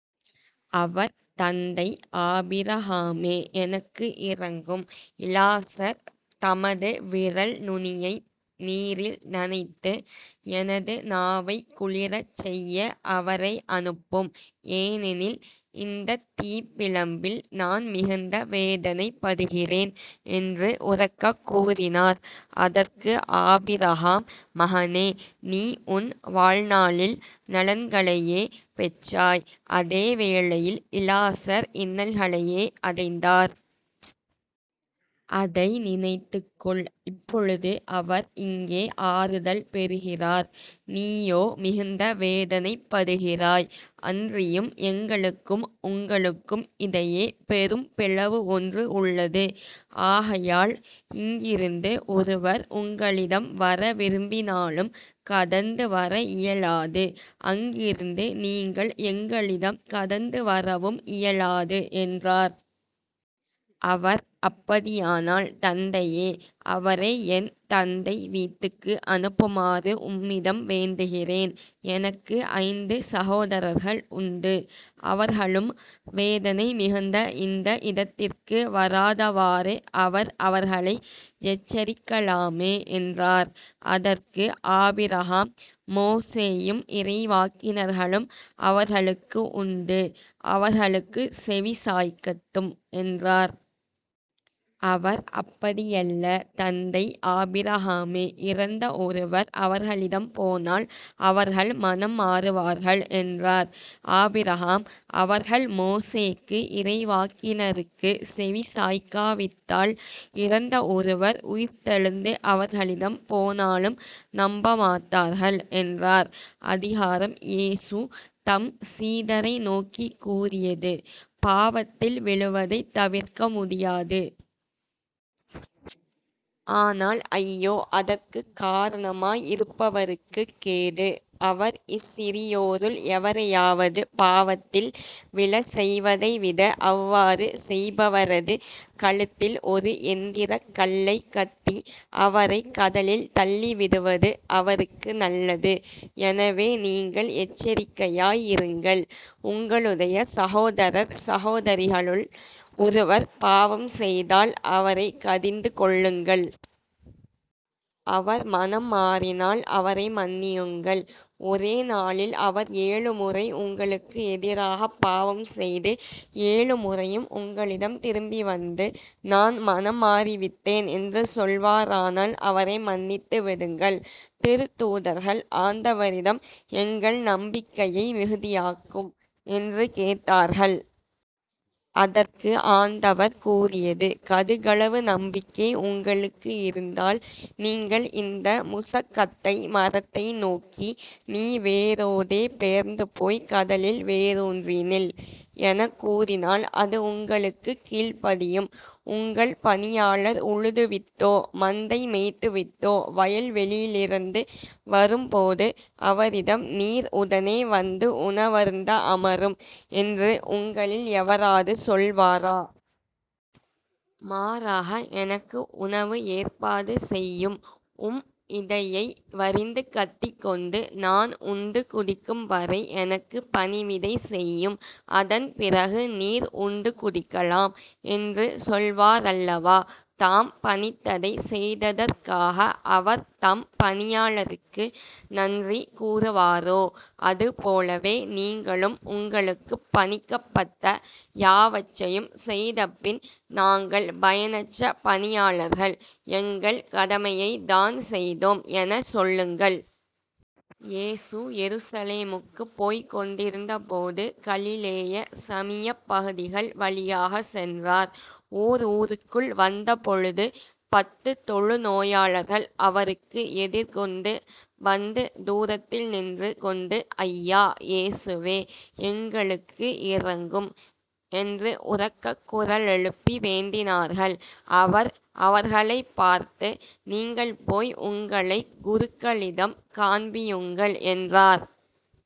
அவர், "தந்தை ஆபிரகாமே, எனக்கு இரங்கும். இலாசர் தமது விரல் நுனியைத் நீரில் நனைத்து எனது நாவைக் குளிரச்செய்ய அவரை அனுப்பும். ஏனெனில் இந்தத் தீப்பிழம்பில் நான் மிகுந்த வேதனைப்படுகிறேன்" என்று உரக்கக் கூறினார். அதற்கு ஆபிரகாம், "மகனே, நீ உன் வாழ்நாளில் நலன்களையே பெற்றாய் அதே வேளையில் இலாசர் இன்னல்களையே அடைந்தார். அதை நினைத்துக் கொள். இப்பொழுது அவர் இங்கே ஆறுதல் பெறுகிறார், நீயோ மிகுந்த வேதனைப்படுகிறாய். அன்றியும் எங்களுக்கும் உங்களுக்கும் இடையே பெரும் பிளவு ஒன்று உள்ளது. ஆகையால் இங்கிருந்து ஒருவர் உங்களிடம் வர விரும்பினாலும் கடந்து வர இயலாது. அங்கிருந்து நீங்கள் எங்களிடம் கடந்து வரவும் இயலாது" என்றார். "அவர், "அப்படியானால் தந்தையே, அவரை என் தந்தை வீட்டுக்கு அனுப்புமாறு உம்மிடம் வேண்டுகிறேன். எனக்கு ஐந்து சகோதரர்கள் உண்டு. அவர்களும் வேதனை மிகுந்த இந்த இடத்திற்கு வராதவாறு அவர் அவர்களை எச்சரிக்கலாமே" என்றார். அதற்கு ஆபிரகாம், "மோசேயும் இறைவாக்கினர்களும் அவர்களுக்கு உண்டு. அவர்களுக்குச் செவிசாய்க்கட்டும்" என்றார். அவர், "அப்படியல்ல, தந்தை ஆபிரகாமே, இறந்த ஒருவர் அவர்களிடம் போனால் அவர்கள் மனம் மாறுவார்கள்" என்றார். ஆபிரகாம், "அவர்கள் மோசேக்கும் இறைவாக்கினருக்கும் செவிசாய்க்காவிட்டால், இறந்த ஒருவர் உயிர்த்தெழுந்து அவர்களிடம் போனாலும் நம்பமாட்டார்கள்" என்றார். " அதிகாரம் இயேசு தம் சீடரை நோக்கிக் கூறியது"பாவத்தில் விழுவதைத் தவிர்க்க முடியாது. ஆனால் ஐயோ. அதற்குக் காரணமாய் இருப்பவருக்குக் கேடு. அவர் இச்சிறியோருள் எவரையாவது பாவத்தில் விழச் செய்வதைவிட அவ்வாறு செய்பவரது கழுத்தில் ஒரு எந்திரக் கல்லைக் கட்டி அவரைக் கடலில் தள்ளிவிடுவது அவருக்கு நல்லது. எனவே, நீங்கள் எச்சரிக்கையாய் இருங்கள். உங்களுடைய சகோதரர் சகோதரிகளுள் ஒருவர் பாவம் செய்தால் அவரைக் கடிந்துகொள்ளுங்கள். அவர் மனம் மாறினால் அவரை மன்னியுங்கள். ஒரே நாளில் அவர் ஏழு முறை உங்களுக்கு எதிராகப் பாவம் செய்து ஏழு முறையும் உங்களிடம் திரும்பி வந்து, "நான் மனம் மாறிவிட்டேன்" என்று சொல்வாரானால் அவரை மன்னித்து விடுங்கள். " திருத்தூதர்கள் ஆண்டவரிடம், "எங்கள் நம்பிக்கையை மிகுதியாக்கும்" என்று கேட்டார்கள். அதற்கு ஆண்டவர் கூறியது"கடுகளவு நம்பிக்கை உங்களுக்கு இருந்தால் நீங்கள் இந்த முசக்கட்டை மரத்தை நோக்கி, "நீ வேரோடே பெயர்ந்துபோய்க் கடலில் வேருன்றி நில்" எனக் கூறினால் அது உங்களுக்குக் கீழ்ப்படியும். "உங்கள் பணியாளர் உழுது விட்டோ, மந்தையை மேய்த்துவிட்டோ வயல்வெளியிலிரந்து வரும்போது அவரிடம், "நீர் உடனே வந்து உணவருந்த அமரும்" என்று உங்களில் எவராவது சொல்வாரா? மாறாக, "எனக்கு உணவு ஏற்பாடு செய்யும், உம் இடையை வரிந்துகட்டிக்கொண்டு, நான் உண்டு குடிக்கும்வரை எனக்குப் பணிவிடை செய்யும் அதன்பிறகு நீர் உண்டு குடிக்கலாம்" என்று சொல்வாரல்லவா? தாம் பணித்ததைச் செய்ததற்காக அவர் தம் பணியாளருக்கு நன்றி கூறுவாரோ? அது போலவே, நீங்களும் உங்களுக்குப் பணிக்கப்பட்ட யாவற்றையும் செய்தபின், "நாங்கள் பயனற்ற பணியாளர்கள் எங்கள் கடமையைத்தான் செய்தோம்" எனச் சொல்லுங்கள். " இயேசு எருசலேமுக்குப் போய்க் கொண்டிருந்தபோது கலிலேய, சமியப் பகுதிகள் வழியாகச் சென்றார். ஓர் ஊருக்குள் வந்தபொழுது, பத்து தொழுநோயாளர்கள் அவருக்கு எதிர்கொண்டு வந்து, தூரத்தில் நின்று கொண்டு, "ஐயா. இயேசுவே, எங்களுக்கு இரங்கும்" என்று உரக்கக் குரலெழுப்பி வேண்டினார்கள். அவர் அவர்களைப் பார்த்து, "நீங்கள் போய் உங்களைக் குருக்களிடம் காண்பியுங்கள்" என்றார்.